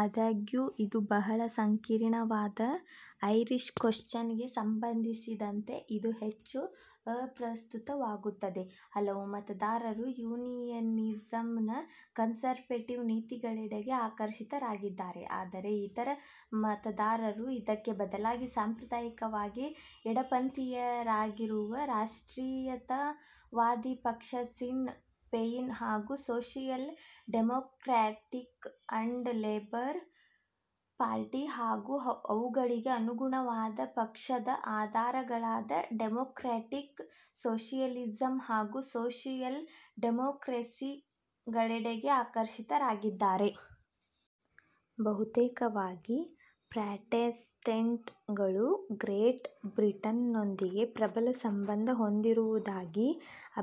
ಆದಾಗ್ಯೂ ಇದು, ಬಹಳ ಸಂಕೀರ್ಣವಾದ ಐರಿಶ್ ಕೊಶ್ಚನ್ ಗೆ ಸಂಬಂಧಿಸಿದಂತೆ ಇದು ಹೆಚ್ಚು ಅಪ್ರಸ್ತುತವಾಗುತ್ತದೆ. ಹಲವು ಮತದಾರರು ಯೂನಿಯನಿಸಂನ ಕನ್ಸರ್ವೇಟಿವ್ ನೀತಿಗಳೆಡೆಗೆ ಆಕರ್ಷಿತರಾಗಿದ್ದಾರೆ, ಆದರೆ ಇತರ ಮತದಾರರು ಇದಕ್ಕೆ ಬದಲಾಗಿ ಸಾಂಪ್ರದಾಯಿಕವಾಗಿ ಎಡಪಂಥೀಯರಾಗಿರುವ, ರಾಷ್ಟ್ರೀಯತಾವಾದಿ ಪಕ್ಷ ಸಿನ್ನ್ ಫೆಯಿನ್ ಹಾಗು social democratic and labour party ಹಾಗು ಅವುಗಳಿಗೆ ಅನುಗುಣವಾದ ಪಕ್ಷದ ಆಧಾರಗಳಾದ ಡೆಮೋಕ್ರ್ಯಾಟಿಕ್ ಸೋಷಿಯಲಿಸಂ ಹಾಗು ಸೋಶಿಯಲ್ ಡೆಮೋಕ್ರೆಸಿಗಳೆಡೆಗೆ ಆಕರ್ಷಿತರಾಗಿದ್ದಾರೆ. ಬಹುತೇಕವಾಗಿ, ಪ್ರಾಟೆಸ್ಟೆಂಟ್ ಗಳು ಗ್ರೇಟ್ ಬ್ರಿಟನ್ ನೊಂದಿಗೆ ಪ್ರಬಲ ಸಂಬಂಧ ಹೊಂದಿರುವುದಾಗಿ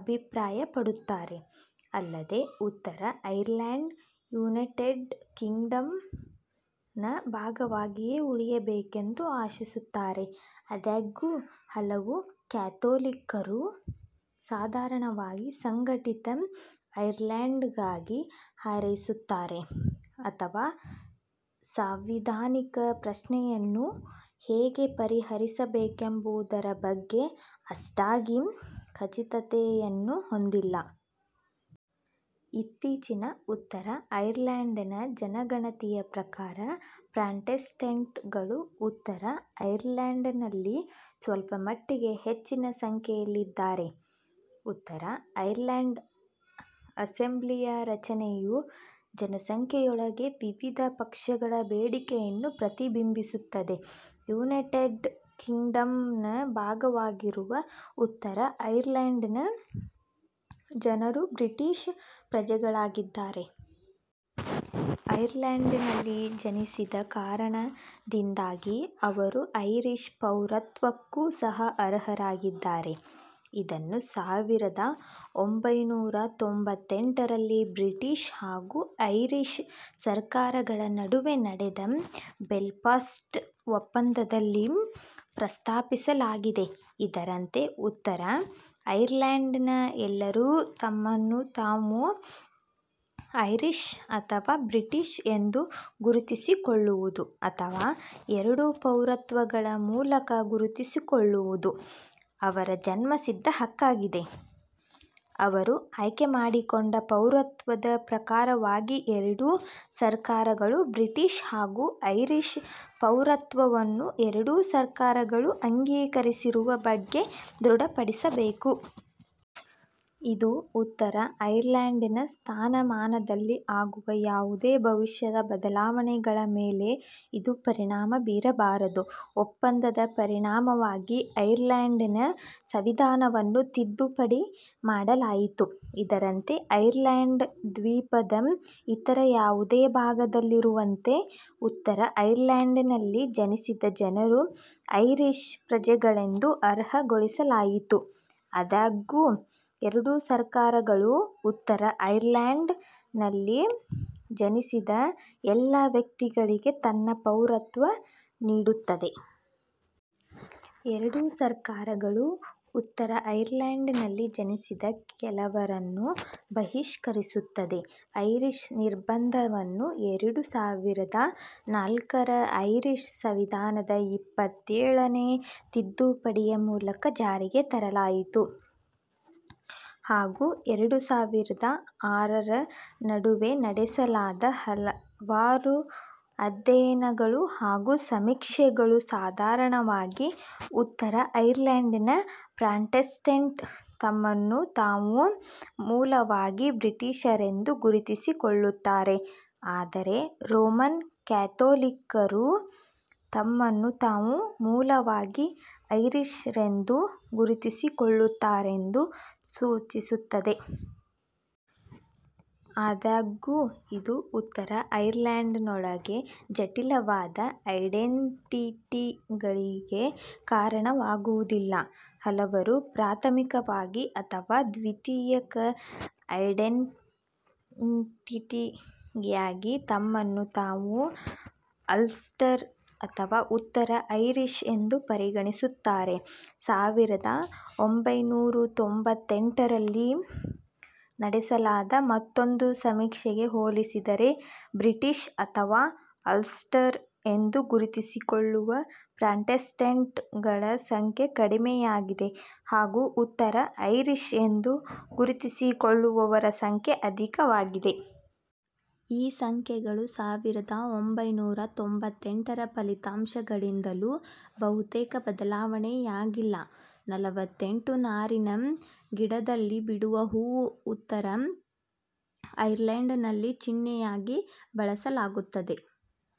ಅಭಿಪ್ರಾಯಪಡುತ್ತಾರೆ. ಅಲ್ಲದೇ ಉತ್ತರ ಐರ್ಲೆಂಡ್, ಯುನೈಟೆಡ್ ಕಿಂಗ್ಡಮ್ ನ ಭಾಗವಾಗಿಯೇ ಉಳಿಯಬೇಕೆಂದು ಆಶಿಸುತ್ತಾರೆ. ಆದಾಗ್ಯೂ ಹಲವು ಕ್ಯಾಥೋಲಿಕ್ಕರು, ಸಾಧಾರಣವಾಗಿ ಸಂಘಟಿತ ಐರ್ಲೆಂಡ್ ಗಾಗಿ ಹಾರೈಸುತ್ತಾರೆ ಅಥವಾ ಸಾಂವಿಧಾನಿಕ ಪ್ರಶ್ನೆಯನ್ನು ಹೇಗೆ ಪರಿಹರಿಸಬೇಕೆಂಬುದರ ಬಗ್ಗೆ ಅಷ್ಟಾಗಿ ಖಚಿತತೆಯನ್ನು ಹೊಂದಿಲ್ಲ. ಇತ್ತೀಚಿನ ಉತ್ತರ ಐರ್ಲೆಂಡ್ ನ ಜನಗಣತಿಯ ಪ್ರಕಾರ ಪ್ರಾಟೆಸ್ಟೆಂಟ್ ಗಳು ಉತ್ತರ ಐರ್ಲೆಂಡ್ ನಲ್ಲಿ ಸ್ವಲ್ಪ ಮಟ್ಟಿಗೆ ಹೆಚ್ಚಿನ ಸಂಖ್ಯೆಯಲ್ಲಿದ್ದಾರೆ। ಉತ್ತರ ಐರ್ಲೆಂಡ್ ಅಸೆಂಬ್ಲಿಯ ರಚನೆಯು ಜನಸಂಖ್ಯೆಯೊಳಗೆ ವಿವಿಧ ಪಕ್ಷಗಳ ಬೇಡಿಕೆಯನ್ನು ಪ್ರತಿಬಿಂಬಿಸುತ್ತದೆ. ಯುನೈಟೆಡ್ ಕಿಂಗ್ಡಮ್ ನ ಭಾಗವಾಗಿರುವ ಉತ್ತರ ಐರ್ಲೆಂಡ್ ನ ಜನರು ಬ್ರಿಟಿಶ್ ಪ್ರಜೆಗಳಾಗಿದ್ದಾರೆ. ಐರ್ಲೆಂಡ್ ನಲ್ಲಿ ಜನಿಸಿದ ಕಾರಣದಿಂದಾಗಿ ಅವರು ಐರಿಶ್ ಪೌರತ್ವಕ್ಕೂ ಸಹ ಅರ್ಹರಾಗಿದ್ದಾರೆ, ಇದನ್ನು ಸಾವಿರದ ಒಂಭೈನೂರ ತೊಂಬತ್ತೆಂಟರಲ್ಲಿ ಬ್ರಿಟಿಶ್ ಹಾಗು ಐರಿಶ್ ಸರ್ಕಾರಗಳ ನಡುವೆ ನಡೆದ ಬೆಲ್ಫಾಸ್ಟ್ ಒಪ್ಪಂದದಲ್ಲಿ ಪ್ರಸ್ತಾಪಿಸಲಾಗಿದೆ, ಇದರಂತೆ: ಉತ್ತರ ಐರ್ಲೆಂಡ್ ನ ಎಲ್ಲರೂ ತಮ್ಮನ್ನು ತಾವು ಐರಿಶ್ ಅಥವಾ ಬ್ರಿಟಿಶ್ ಎಂದು ಗುರುತಿಸಿಕೊಳ್ಳುವುದು ಅಥವಾ ಎರಡೂ ಪೌರತ್ವಗಳ ಮೂಲಕ ಗುರುತಿಸಿಕೊಳ್ಳುವುದು ಅವರ ಜನ್ಮಸಿದ್ಧ ಹಕ್ಕಾಗಿದೆ, ಅವರು ಆಯ್ಕೆ ಮಾಡಿಕೊಂಡ ಪೌರತ್ವದ ಪ್ರಕಾರವಾಗಿಎರಡೂ ಸರ್ಕಾರಗಳು ಬ್ರಿಟಿಶ್ ಹಾಗು ಐರಿಶ್ ಪೌರತ್ವವನ್ನು ಎರಡೂ ಸರ್ಕಾರಗಳು ಅಂಗೀಕರಿಸಿರುವ ಬಗ್ಗೆ ದೃಢಪಡಿಸಬೇಕು. ಇದು ಉತ್ತರ ಐರ್ಲೆಂಡ್ ನ ಸ್ಥಾನಮಾನದಲ್ಲಿ ಆಗುವ ಯಾವುದೇ ಭವಿಷ್ಯದ ಬದಲಾವಣೆಗಳ ಮೇಲೆ ಇದು ಪರಿಣಾಮ ಬೀರಬಾರದು. ಒಪ್ಪಂದದ ಪರಿಣಾಮವಾಗಿ, ಐರ್ಲೆಂಡ್ ನ ಸಂವಿಧಾನವನ್ನು ತಿದ್ದುಪಡಿ ಮಾಡಲಾಯಿತು, ಇದರಂತೆ, ಐರ್ಲೆಂಡ್ ದ್ವೀಪದ ಇತರ ಯಾವುದೇ ಭಾಗದಲ್ಲಿರುವಂತೆ ಉತ್ತರ ಐರ್ಲೆಂಡ್ ನಲ್ಲಿ ಜನಿಸಿದ ಜನರು ಐರಿಶ್ ಪ್ರಜೆಗಳೆಂದು ಅರ್ಹಗೊಳಿಸಲಾಯಿತು ಆದಾಗ್ಯೂ, ಎರಡೂ ಸರ್ಕಾರಗಳು, ಉತ್ತರ ಐರ್ಲೆಂಡ್ ನಲ್ಲಿ ಜನಿಸಿದ ಎಲ್ಲ ವ್ಯಕ್ತಿಗಳಿಗೆ ತನ್ನ ಪೌರತ್ವ ನೀಡುತ್ತದೆ। ಎರಡೂ ಸರ್ಕಾರಗಳು ಉತ್ತರ ಐರ್ಲೆಂಡ್ ನಲ್ಲಿ ಜನಿಸಿದ ಕೆಲವರನ್ನು ಬಹಿಷ್ಕರಿಸುತ್ತದೆ. ಐರಿಶ್ ನಿರ್ಬಂಧವನ್ನು ಎರಡು ಸಾವಿರದ ನಾಲ್ಕರ ಐರಿಶ್ ಸಂವಿಧಾನದ ಇಪ್ಪತ್ತೇಳನೆ ತಿದ್ದುಪಡಿಯ ಮೂಲಕ ಜಾರಿಗೆ ತರಲಾಯಿತು। ಹಾಗು ಎರಡು ಸಾವಿರದ ಆರರ ನಡುವೆ ನಡೆಸಲಾದ ಹಲವಾರು ಅಧ್ಯಯನಗಳು ಹಾಗು ಸಮೀಕ್ಷೆಗಳು, ಸಾಧಾರಣವಾಗಿ, ಉತ್ತರ ಐರ್ಲೆಂಡ್ ನ ಪ್ರಾಟೆಸ್ಟೆಂಟ್ ತಮ್ಮನ್ನು ತಾವು ಮೂಲವಾಗಿ 'ಬ್ರಿಟಿಷರೆಂದು' ಗುರುತಿಸಿಕೊಳ್ಳುತ್ತಾರೆ, ಆದರೆ ರೋಮನ್ ಕ್ಯಾಥೋಲಿಕ್ಕರು ತಮ್ಮನ್ನು ತಾವು ಮೂಲವಾಗಿ 'ಐರಿಶರೆಂದು' ಗುರುತಿಸಿಕೊಳ್ಳುತ್ತಾರೆಂದು ಸೂಚಿಸುತ್ತದೆ. ಆದಾಗ್ಯೂ, ಇದು ಉತ್ತರ ಐರ್ಲೆಂಡ್ ನೊಳಗೆ ಜಟಿಲವಾದ ಐಡೆನ್ಟಿಟಿಗಳಿಗೆ ಕಾರಣವಾಗುವುದಿಲ್ಲ, ಹಲವರು ಪ್ರಾಥಮಿಕವಾಗಿ, ಅಥವಾ ದ್ವಿತೀಯಕ ಐಡೆನ್ಟಿಟಿಯಾಗಿ ತಮ್ಮನ್ನು ತಾವು "ಅಲ್ಸ್ಟರ್" ಅಥವಾ "ಉತ್ತರ ಐರಿಶ್" ಎಂದು ಪರಿಗಣಿಸುತ್ತಾರೆ. ಸಾವಿರದ ಒಂಭೈನೂರ ತೊಂಬತ್ತೆಂಟರಲ್ಲಿ ನಡೆಸಲಾದ ಮತ್ತೊಂದು ಸಮೀಕ್ಷೆಗೆ ಹೋಲಿಸಿದರೆ, ಬ್ರಿಟಿಶ್ ಅಥವಾ ಅಲ್ಸ್ಟರ್ ಎಂದು ಗುರುತಿಸಿಕೊಳ್ಳುವ ಪ್ರಾಟೆಸ್ಟೆಂಟ್ ಗಳ ಸಂಖ್ಯೆ ಕಡಿಮೆಯಾಗಿದೆ; ಹಾಗು ಉತ್ತರ ಐರಿಶ್ ಎಂದು ಗುರುತಿಸಿಕೊಳ್ಳುವವರ ಸಂಖ್ಯೆ ಅಧಿಕವಾಗಿದೆ. ಈ ಸಂಖ್ಯೆಗಳು ಸಾವಿರದ ಒಂಭೈನೂರ ತೊಂಬತ್ತೆಂಟರ ಫಲಿತಾಂಶಗಳಿಂದಲೂ ಬಹುತೇಕ ಬದಲಾವಣೆಯಾಗಿಲ್ಲ. ನಲವತ್ತೆಂಟು ನಾರಿನ ಗಿಡದಲ್ಲಿ ಬಿಡುವ ಹೂವು ಉತ್ತರ ಐರ್ಲೆಂಡ್ ನಲ್ಲಿ ಚಿಹ್ನೆಯಾಗಿ ಬಳಸಲಾಗುತ್ತದೆ.